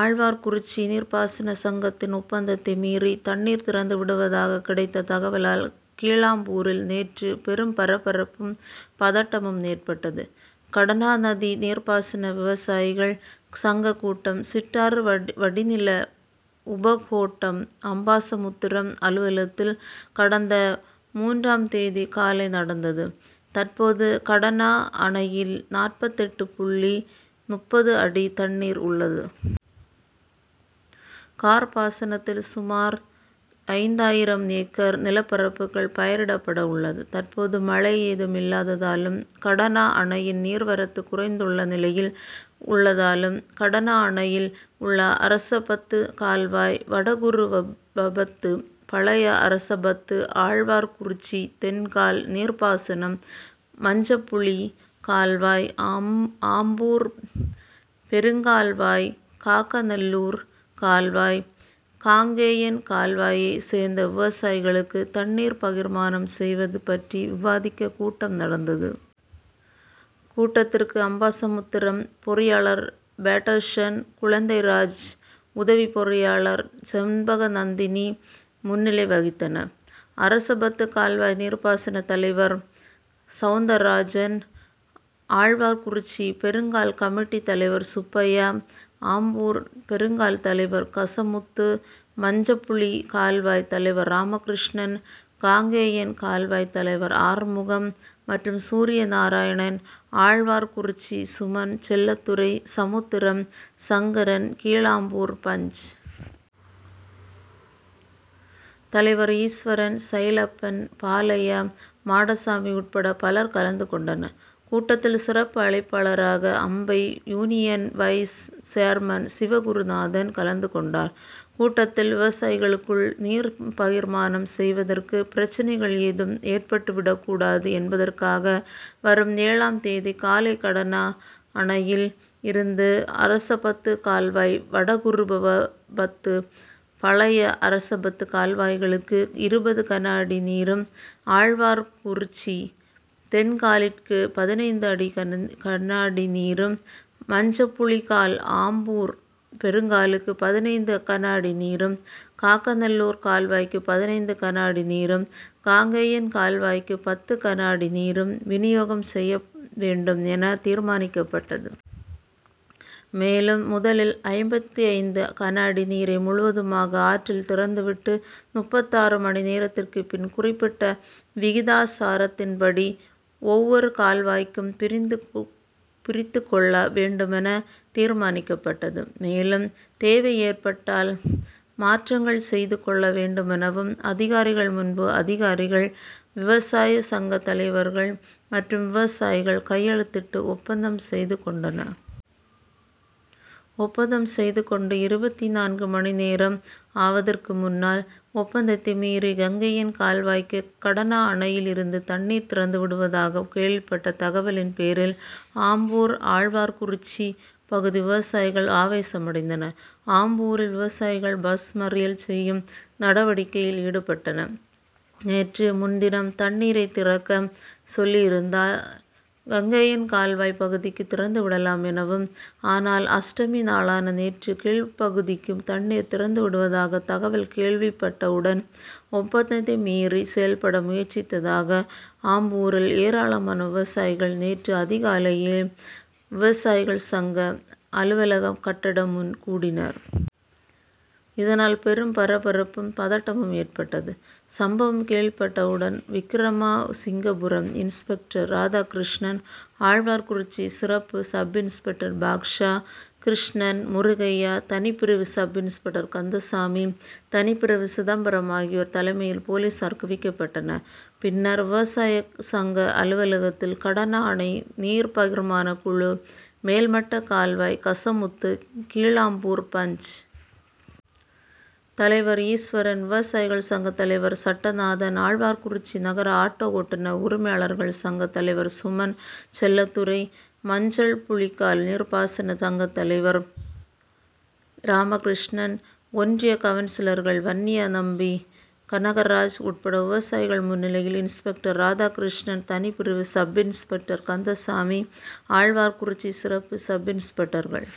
ஆழ்வார்குறிச்சி நீர்பாசன சங்கத்தின் ஒப்பந்தத்தை மீறி தண்ணீர் திறந்து விடுவதாக கிடைத்த தகவலால் கீழாம்பூரில் நேற்று பெரும் பரபரப்பும், பதட்டமும் ஏற்பட்டது. கடனாநதி நீர்பாசன விவசாயிகள் சங்க கூட்டம் சிற்றாறு வடி வடிநில உபகோட்டம் அம்பாசமுத்திரம் அலுவலகத்தில் கடந்த மூன்றாம் தேதி காலை நடந்தது. தற்போது கடனா அணையில் நாற்பத்தெட்டு புள்ளி முப்பது அடி தண்ணீர் உள்ளது. கார் பாசனத்தில் சுமார் ஐந்தாயிரம் ஏக்கர் நிலப்பரப்புகள் பயிரிடப்பட உள்ளது. தற்போது மழை ஏதும் இல்லாததாலும், கடனா அணையின் நீர்வரத்து குறைந்துள்ள நிலையில் உள்ளதாலும் கடனா அணையில் உள்ள அரசபத்து கால்வாய், வடகுருவபத்து, பழைய அரசபத்து, ஆழ்வார்குறிச்சி தென்கால் நீர்பாசனம், மஞ்சப்புளி கால்வாய், ஆம் ஆம்பூர் பெருங்கால்வாய், காக்கநல்லூர் கால்வாய், காங்கேயன் கால்வாயை சேர்ந்த விவசாயிகளுக்கு தண்ணீர் பகிர்மானம் செய்வது பற்றி விவாதிக்க கூட்டம் நடந்தது. கூட்டத்திற்கு அம்பாசமுத்திரம் பொறியாளர் பேட்டர்சன் குழந்தைராஜ், உதவி பொறியாளர் செண்பகநந்தினி முன்னிலை வகித்தனர். அரசபத்து கால்வாய் நீர்பாசன தலைவர் சவுந்தரராஜன், ஆழ்வார்குறிச்சி பெருங்கால் கமிட்டி தலைவர் சுப்பையா, ஆம்பூர் பெருங்கால் தலைவர் கசமுத்து, மஞ்சபுளி கால்வாய் தலைவர் ராமகிருஷ்ணன், காங்கேயன் கால்வாய் தலைவர் ஆறுமுகம் மற்றும் சூரியநாராயணன், ஆழ்வார்குறிச்சி சுமன் செல்லத்துரை, சமுத்திரம், சங்கரன், கீழாம்பூர் பஞ்., தலைவர் ஈஸ்வரன், சைலப்பன், பாலையா, மாடசாமி உட்பட பலர் கலந்து கொண்டனர். கூட்டத்தில் சிறப்பு அழைப்பாளராக Ambai union vice chairman Sivagurunathan கலந்து கொண்டார். கூட்டத்தில், விவசாயிகளுக்குள் நீர் பகிர்மானம் செய்வதற்கு பிரச்னைகள் ஏதும் ஏற்பட்டுவிடக்கூடாது என்பதற்காக வரும் ஏழாம் தேதி காலை கடனா அணையில் இருந்து அரசபத்து கால்வாய், வடகுருவபத்து, பழைய அரசபத்து கால்வாய்களுக்கு இருபது கனஅடி நீரும், ஆழ்வார்குறிச்சி தென்காலிற்கு பதினைந்து அடி கனஅடி நீரும், மஞ்சபுளிகால், ஆம்பூர் பெருங்காலுக்கு பதினைந்து கனஅடி நீரும், காக்கநல்லூர் கால்வாய்க்கு பதினைந்து கனஅடி நீரும், காங்கேயன் கால்வாய்க்கு பத்து கனஅடி நீரும் வினியோகம் செய்ய வேண்டும் என தீர்மானிக்கப்பட்டது. மேலும் முதலில் ஐம்பத்தைந்து கனஅடி நீரை முழுவதுமாக ஆற்றில் திறந்துவிட்டு முப்பத்தாறு மணி நேரத்திற்கு பின் குறிப்பிட்ட விகிதாசாரத்தின்படி ஒவ்வொரு கால்வாய்க்கும் பிரிந்துபு பிரித்துக் கொள்ள வேண்டுமென தீர்மானிக்கப்பட்டது. மேலும் தேவை ஏற்பட்டால் மாற்றங்கள் செய்து கொள்ள வேண்டுமெனவும் அதிகாரிகள் முன்பு அதிகாரிகள், விவசாய சங்க தலைவர்கள் மற்றும் விவசாயிகள் கையெழுத்திட்டு ஒப்பந்தம் செய்து கொண்டனர். ஒப்பந்தம் செய்து கொண்டு இருபத்துநான்கு மணிநேரம் ஆவதற்கு முன்னால் ஒப்பந்தத்தை மீறி கங்கேயன் கால்வாய்க்கு கடனா அணையில் இருந்து தண்ணீர் திறந்து விடுவதாக கேள்விப்பட்ட தகவலின் பேரில் ஆம்பூர், ஆழ்வார்குறிச்சி பகுதி விவசாயிகள் ஆவேசமடைந்தனர். ஆம்பூரில் விவசாயிகள் பஸ் மறியல் செய்யும் நடவடிக்கையில் ஈடுபட்டனர். நேற்று முன்தினம் தண்ணீரை திறக்க சொல்லியிருந்தால் கங்கேயன் கால்வாய் பகுதிக்கு திறந்துவிடலாம் எனவும், ஆனால் அஷ்டமி நாளான நேற்று கீழ்ப்பகுதிக்கு தண்ணீர் திறந்து விடுவதாக தகவல் கேள்விப்பட்டவுடன் ஒப்பந்தத்தை மீறி செயல்பட முயற்சித்ததாக ஆம்பூரில் ஏராளமான விவசாயிகள் நேற்று அதிகாலையிலேயே விவசாயிகள் சங்க அலுவலக கட்டடம் முன் கூடினர். இதனால் பெரும் பரபரப்பும், பதட்டமும் ஏற்பட்டது. சம்பவம் கேள்விப்பட்டவுடன் விக்கிரமசிங்கபுரம் இன்ஸ்பெக்டர் ராதாகிருஷ்ணன், ஆழ்வார்குறிச்சி சிறப்பு சப்-இன்ஸ்பெக்டர் பாட்ஷா, கிருஷ்ணன், முருகையா, தனிப்பிரிவு சப்-இன்ஸ்பெக்டர் கந்தசாமி, தனிப்பிரிவு சிதம்பரம் ஆகியோர் தலைமையில் போலீசார் குவிக்கப்பட்டனர். பின்னர் விவசாய சங்க அலுவலகத்தில் கடனா அணை நீர்பகிர்மான குழு மேல்மட்ட கால்வாய் கசமுத்து, கீழாம்பூர் பஞ்., தலைவர் ஈஸ்வரன், விவசாயிகள் சங்க தலைவர் சட்டநாதன், ஆழ்வார்குறிச்சி நகர ஆட்டோ ஓட்டுனர் உரிமையாளர்கள் சங்க தலைவர் சுமன் செல்லத்துரை, மஞ்சள்புளிகால் நீர்பாசன சங்க தலைவர் ராமகிருஷ்ணன், ஒன்றிய கவுன்சிலர்கள் வன்னியநம்பி, கனகராஜ் உட்பட விவசாயிகள் முன்னிலையில் இன்ஸ்பெக்டர் ராதாகிருஷ்ணன், தனிப்பிரிவு சப்-இன்ஸ்பெக்டர் கந்தசாமி, ஆழ்வார்குறிச்சி சிறப்பு சப்-இன்ஸ்பெக்டர்கள்